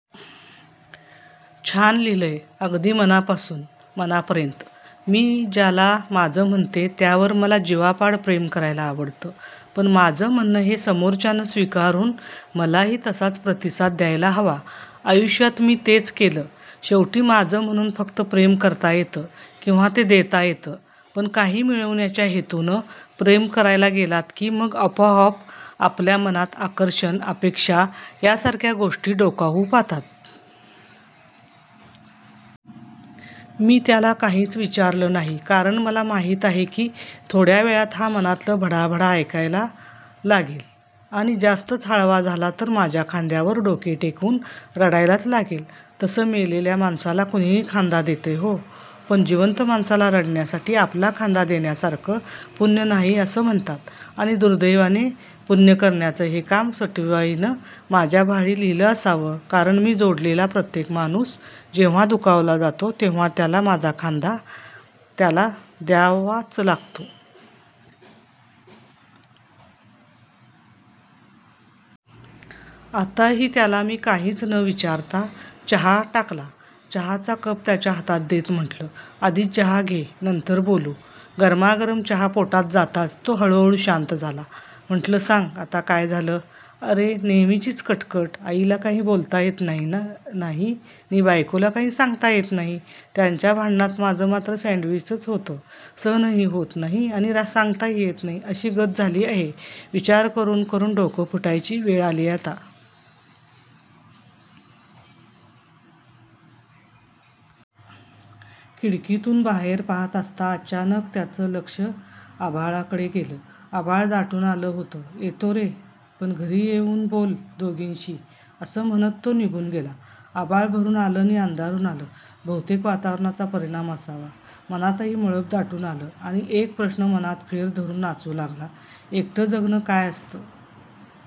छान लिहिलंय अगदी मनापासून मनापर्यंत. मी ज्याला माझं म्हणते त्यावर मला जिवापाड प्रेम करायला आवडतं. पण माझं म्हणणं हे समोरच्यानं स्वीकारून मलाही तसाच प्रतिसाद द्यायला हवा. आयुष्यात मी तेच केलं. शेवटी माझं म्हणून फक्त प्रेम करता येतं किंवा ते देता येतं, पण काही मिळवण्याच्या हेतूनं प्रेम करायला गेलात कि मग आपोआप आपल्या मनात आकर्षण, अपेक्षा यासारख्या गोष्टी डोकावू पाहतात. मी त्याला काहीच विचारलं नाही कारण मला माहित आहे की थोड्या वेळात हा मनातलं भडाभडा ऐकायला लागेल आणि जास्तच हळवा झाला तर माझ्या खांद्यावर डोके टेकवून रडायलाच लागेल, तसं मेलेल्या माणसाला कुणीही खांदा देतंय हो, पण जिवंत माणसाला रडण्यासाठी आपला खांदा देण्यासारखं पुण्य नाही असं म्हणतात, आणि दुर्दैवाने पुण्य करण्याचं हे काम सटवाईने माझ्या भाळी लिहील असावं, कारण मी जोडलेला प्रत्येक माणूस जेव्हा दुखावला जातो तेव्हा त्याला माझा खांदा त्याला द्यावाच लागतो. आताही त्याला मी काहीच न विचारता चहा टाकला. चहाचा कप त्याच्या हातात देत म्हटलं आधी चहा घे नंतर बोलू. गरमागरम चहा पोटात जाताच तो हळूहळू शांत झाला. म्हटलं सांग आता काय झालं, अरे नेहमीचीच कटकट, आईला काही बोलता येत नाही नी बायकोला काही सांगता येत नाही, त्यांच्या भांडणात माझं मात्र सॅण्डविच होतं, सहनही होत नाही आणि सांगताही येत नाही अशी गत झाली आहे, विचार करून करून डोकं फुटायची वेळ आलीय आता. खिडकीतून बाहेर पाहत असता अचानक त्याचं लक्ष आभाळाकडे गेलं, आभाळ दाटून आलं होतं, येतो रे, पण घरी येऊन बोल दोघींशी. असं म्हणत तो निघून गेला. आभाळ भरून आलं नि अंधारून आलं, बहुतेक वातावरणाचा परिणाम असावा, मनातही मळभ दाटून आलं आणि एक प्रश्न मनात फेर धरून नाचू लागला, एकटं जगणं काय असतं?